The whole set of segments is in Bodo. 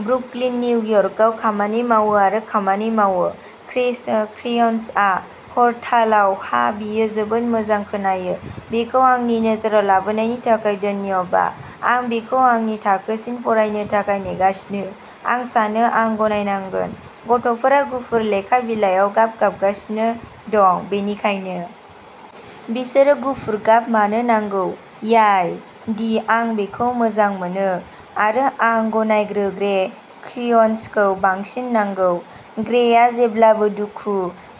ब्रुकलिन, निउयर्कआव खामानि मावो आरो खामानि मावो। क्रेस क्रेयन्सआ हरतालआव! हा! बेयो जोबोद मोजां खोनायो। बेखौ आंनि नोजोराव लाबोनायनि थाखाय धन्यबा! आं बेखौ आंनि थाखोसिम फरायनो थाखाय नेगासिनो! आं सानो आं गनायनांगोन! गथ'फोरा गुफुर लेखा बिलायाव गाब गाबगासिनो दं, बेनिखायनो बिसोरनो गुफुर गाब मानो नांगौ? याय डि आं बेखौ मोजां मोनो आरो आं गनायो-ग्रे क्रेय'नखौ बांसिन नांगौ। ग्रेआ जेब्लाबो दुखु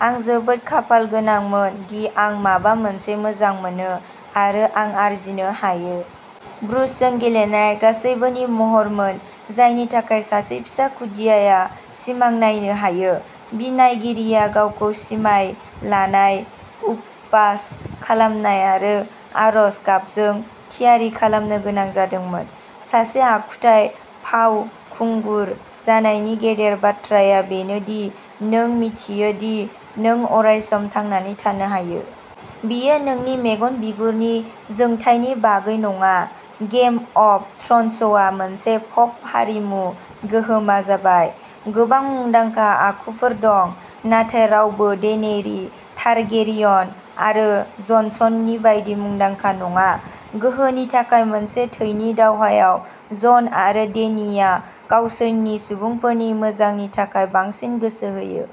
आं जोबोद खाफालगोनांमोन दि आं माबा मोनसे मोजां मोनो आरो रां आर्जिनो हायो। ब्रुसजों गेलेनाया गासैबोनि महरमोन जायनि थाखाय सासे फिसा खुदियाया सिमां नायनो हायो। बिनायगिरिया गावखौ सिमान लानाय, उपबास खालामनाय आरो आर'ज गाबजों थियारि खालामनो गोनां जादोंमोन। सासे आखुथाय फावखुंगुर जानायनि गेदेर बाथ्राया बेनो दि नों मिन्थियो दि नों अरायसम थांना थानो हायो। बेयो नोंनि मेगन बिगुरनि जोंथायनि बागै नङा। गेम अफ थ्र'न्सआ मोनसे पप हारिमु गोहोमा जाबाय। गोबां मुंदांखा आखुफोर दं, नाथाय रावबो डेनेरि टारगेरियन आरो जन स्न'नि बायदि मुंदांखा नङा। गोहोनि थाखाय मोनसे थैनि दावहायाव, जन आरो डेनिआ गावसोरनि सुबुंफोरनि मोजांनि थाखाय बांसिन गोसो होयो।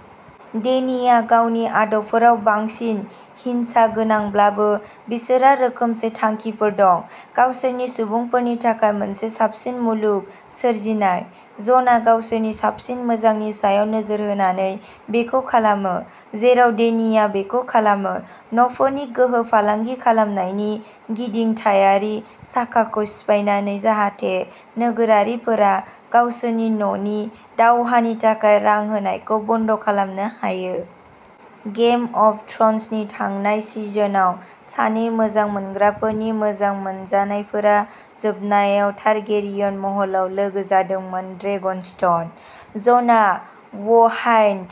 डेनिआ गावनि आदबफोराव बांसिन हिंसागोनांब्लाबो, बिसोरहा रोखोमसे थांखिफोर दंः गावसोरनि सुबुंफोरनि थाखाय मोनसे साबसिन मुलुग सोरजिनाय। जनआ गावसोरनि साबसिन मोजांनि सायाव नोजोर होनानै बेखौ खालामो, जेराव डेनिआ बेखौ खालामो न'फोरनि गोहो फालांगि खालामनायनि गिदिंथायारि साखाखौ सिफायनानै जाहाथे नोगोरारिफोरा गावसोरनि न'नि दावहानि थाखाय रां होनायखौ बन्द'खालामनो हायो। गेम अफ थ्र'न्सनि थांनाय सिजनआव, सानै मोजां मोनग्राफोरनि मोजां मोनजानायफोरा जोबनायाव टारगेरियन महलाव लोगो जादोंमोनः ड्रेगनस्टन। जनआ व्हाइट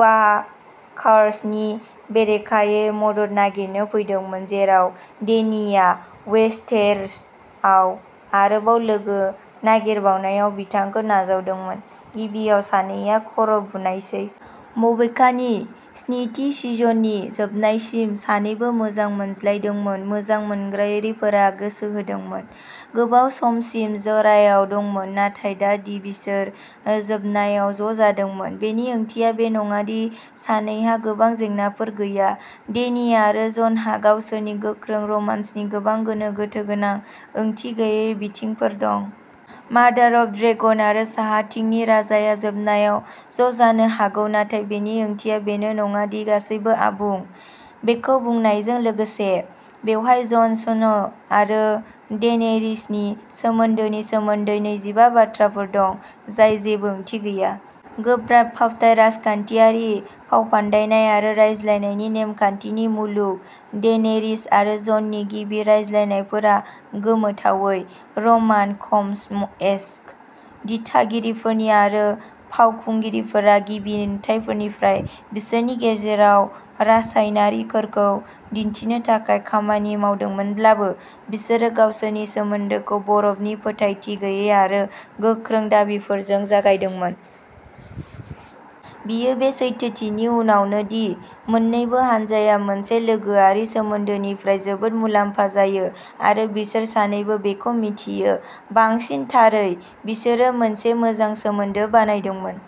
वाकार्सनि बेरेखायै मदद नागिरनो फैदोंमोन, जेराव डेनिआ वेस्टेर'सआव आरोबाव लोगो नागिरनायाव बिथांखौ नाजावदोंमोन। गिबियाव, सानैया खर'बुनायसै। बबेखानि, स्निथि सिजननि जोबनायसिम, सानैबो मोजां मोनलायदोंमोन। मोजां मोनगिरिफोरा गोसो होदोंमोन। गोबाव समसिम जरायाव दंमोन, नाथाय दा बिसोर ओ जोबनायाव ज'जादोंमोन। बेनि ओंथिया बे नङा दि सानैहा गोबां जेंनाफोर गैया। डेनी आरो जनहा गावसोरनि गोख्रै रमान्सनि गोबां गोनो गोथो गोनां, ओंथि गैयै बिथिंफोर दं। मादार अफ ड्रेगन आरो साहाथिंनि राजाया जोबनायाव ज'जानो हागौ, नाथाय बेनि ओंथिया बेनो नङा दि गासैबो आबुं। बेखौ बुंनायजों लोगोसे, बेवहाय जन स्नो आरो डेनेरीसनि सोमोन्दोनि सोमोन्दै नैजिबा बाथ्राफोर दं जाय जेबो ओंथि गैया। गोब्राब फावथाय, राजखान्थियारि फावफान्दायनाय, आरो रायज्लायनायनि नेम-खान्थिनि मुलुगाव, डेनेरीस आरो जननि गिबि रायज्लायनायफोरा गोमोथावै रमान-कम-एस्क। दिथागिरिफोर आरो फावखुंगुरफोरा गिबि नुथाइनिफ्राय बिसोरनि गेजेराव रासायनारिखौ दिन्थिनो थाखाय खामानि मावदोंमोनब्लाबो, बिसोरो गावसोरनि सोमोन्दोखौ बरफनि फोथायथि गैयै आरो गोख्रों दाबिफोरजों जागायदोंमोन। बेयो बे सैथोथिनि उनावबो दि मोन्नैबो हानजाया मोनसे लोगोआरि सोमोन्दोनिफ्राय जोबोद मुलाम्फा जायो आरो बिसोर सानैबो बेखौ मिथियो। बांसिन थारै, बिसोरो मोनसे मोजां सोमोन्दो बानायदोंमोन।